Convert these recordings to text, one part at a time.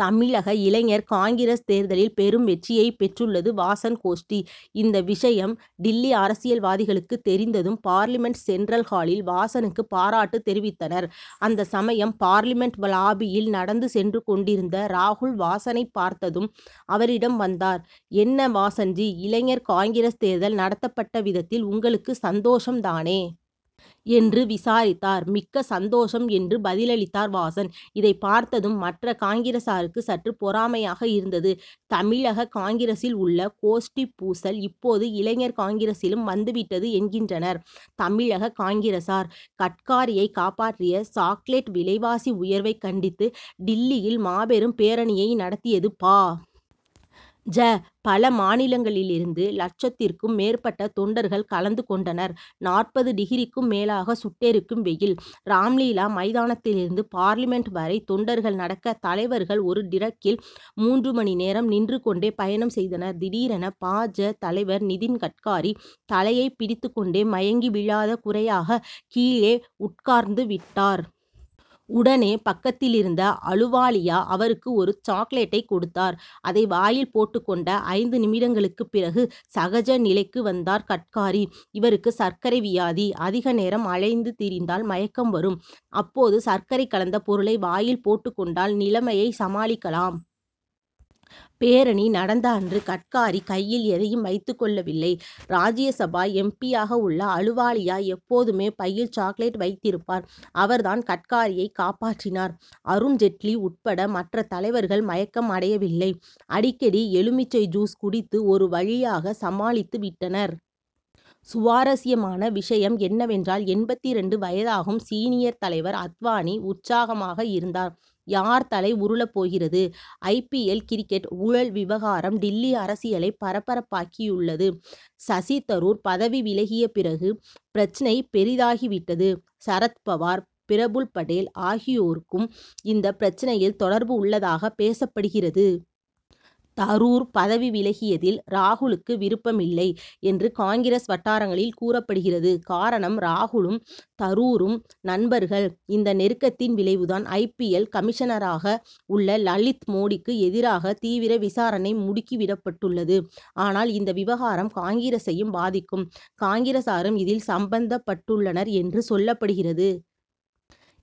தமிழக இளைஞர் காங்கிரஸ் தேர்தலில் பெரும் வெற்றியைப் பெற்றுள்ளது வாசன் கோஷ்டி. இந்த விஷயம் டில்லி அரசியல்வாதிகளுக்கு தெரிந்ததும் பார்லிமென்ட் சென்ட்ரல் ஹாலில் வாசனுக்கு பாராட்டு தெரிவித்தனர். அந்த சமயம், பார்லிமென்ட் லாபியில் நடந்து சென்று கொண்டிருந்த ராகுல், வாசனைப் பார்த்ததும் அவரிடம் வந்தார். 'என்ன வாசன்ஜி, இளைஞர் காங்கிரஸ் தேர்தல் நடத்தப்பட்ட விதத்தில் உங்களுக்கு சந்தோஷம் தானே? ' என்று விசாரித்தார். மிக்க சந்தோஷம் என்று பதிலளித்தார் வாசன். இதைப் பார்த்ததும் மற்ற காங்கிரசாருக்கு சற்று பொறாமையாக இருந்தது. தமிழக காங்கிரசில் உள்ள கோஷ்டிப் பூசல் இப்போது இளைஞர் காங்கிரசிலும் வந்துவிட்டது' என்கின்றனர் தமிழக காங்கிரசார். கட்காரியை காப்பாற்றிய சாக்லெட் விலைவாசி உயர்வைக் கண்டித்து டில்லியில் மாபெரும் பேரணியை நடத்தியது பா. ஜ., பல மாநிலங்களிலிருந்து லட்சத்திற்கும் மேற்பட்ட தொண்டர்கள் கலந்து கொண்டனர். நாற்பது டிகிரிக்கும் மேலாக சுட்டெரிக்கும் வெயில். ராம்லீலா மைதானத்திலிருந்து பார்லிமென்ட் வரை தொண்டர்கள் நடக்க, தலைவர்கள் ஒரு டிரக்கில் மூன்று மணி நேரம் நின்று கொண்டே பயணம் செய்தனர். திடீரென, பா. ஜ., தலைவர் நிதின் கட்காரி தலையைப் பிடித்துக் கொண்டே மயங்கி விழாத குறையாக கீழே உட்கார்ந்துவிட்டார். உடனே, பக்கத்திலிருந்த அலுவாலியா, அவருக்கு ஒரு சாக்லெட்டைக் கொடுத்தார். அதை வாயில் போட்டுக் கொண்ட, ஐந்து நிமிடங்களுக்குப் பிறகு சகஜ நிலைக்கு வந்தார் கட்காரி. இவருக்கு சர்க்கரை வியாதி. அதிக நேரம் அலைந்து திரிந்தால் மயக்கம் வரும். அப்போது, சர்க்கரை கலந்த பொருளை வாயில் போட்டுக் கொண்டால் நிலைமையை சமாளிக்கலாம். பேரணி நடந்த அன்று கட்காரி கையில் எதையும் வைத்துக் கொள்ளவில்லை. ராஜ்யசபா எம். பி.,யாக உள்ள அலுவாலியா எப்போதுமே பையில் சாக்லெட் வைத்திருப்பார்; அவர் தான் கட்காரியை காப்பாற்றினார். அருண் ஜெட்லி உட்பட மற்ற தலைவர்கள் மயக்கம் அடையவில்லை. அடிக்கடி எலுமிச்சை ஜூஸ் குடித்து ஒரு வழியாக சமாளித்துவிட்டனர். சுவாரஸ்யமான விஷயம் என்னவென்றால், எண்பத்திரண்டு வயதாகும் சீனியர் தலைவர் அத்வானி உற்சாகமாக இருந்தார். யார் தலை உருளப் போகிறது? ஐ. பி. எல்., கிரிக்கெட் ஊழல் விவகாரம் டில்லி அரசியலை பரபரப்பாக்கியுள்ளது. சசி தரூர் பதவி விலகிய பிறகு பிரச்னை பெரிதாகிவிட்டது. சரத் பவார், பிரபுல் படேல் ஆகியோருக்கும் இந்த பிரச்னையில் தொடர்பு உள்ளதாக பேசப்படுகிறது. தரூர் பதவி விலகியதில் ராகுலுக்கு விருப்பமில்லை என்று காங்கிரஸ் வட்டாரங்களில் கூறப்படுகிறது. காரணம், ராகுலும் தரூரும் நண்பர்கள். இந்த நெருக்கத்தின் விளைவு தான், ஐ. பி. எல்., கமிஷனராக உள்ள லலித் மோடிக்கு எதிராக தீவிர விசாரணை முடுக்கிவிடப்பட்டுள்ளது. ஆனால், இந்த விவகாரம் காங்கிரசையும் பாதிக்கும், காங்கிரசாரும் இதில் சம்பந்தப்பட்டுள்ளனர் என்று சொல்லப்படுகிறது.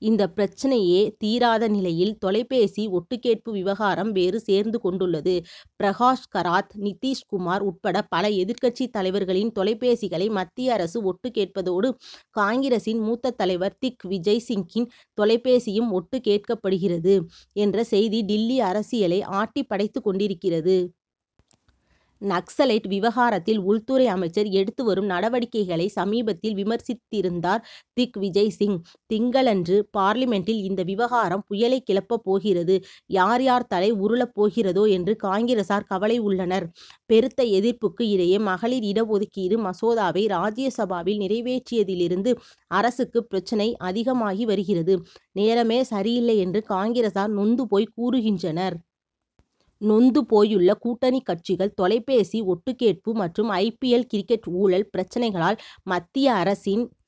இந்த பிரச்னையே தீராத நிலையில், தொலைபேசி ஒட்டுக் கேட்பு விவகாரம் வேறு சேர்ந்து கொண்டுள்ளது. பிரகாஷ் கராத், நிதிஷ்குமார் உட்பட பல எதிர்க்கட்சித் தலைவர்களின் தொலைபேசிகளை மத்திய அரசு ஒட்டுக் கேட்பதோடு, காங்கிரசின் மூத்த தலைவர் திக் விஜய் சிங்கின் தொலைபேசியும் ஒட்டுக் கேட்கப்படுகிறது என்ற செய்தி டில்லி அரசியலை ஆட்டிப் படைத்துக் கொண்டிருக்கிறது. நக்சலைட் விவகாரத்தில் உள்துறை அமைச்சர் எடுத்து வரும் நடவடிக்கைகளை சமீபத்தில் விமர்சித்திருந்தார் திக் விஜய் சிங். திங்களன்று பார்லிமென்டில் இந்த விவகாரம் புயலைக் கிளப்பப் போகிறது. யார், யார் தலை உருளப் போகிறதோ என்று காங்கிரசார் கவலை உள்ளனர். பெருத்த எதிர்ப்புக்கு இடையே மகளிர் இட ஒதுக்கீடு மசோதாவை ராஜ்யசபாவில் நிறைவேற்றியதிலிருந்து அரசுக்கு பிரச்னை அதிகமாகி வருகிறது, நேரமே சரியில்லை என்று காங்கிரசார் நொந்து போய் கூறுகின்றனர். நொந்து போயுள்ள கூட்டணிக் கட்சிகள் தொலைபேசி ஒட்டுக் கேட்பு மற்றும் ஐ. பி. எல்., கிரிக்கெட் ஊழல் பிரச்னைகளால் மத்திய அரசின்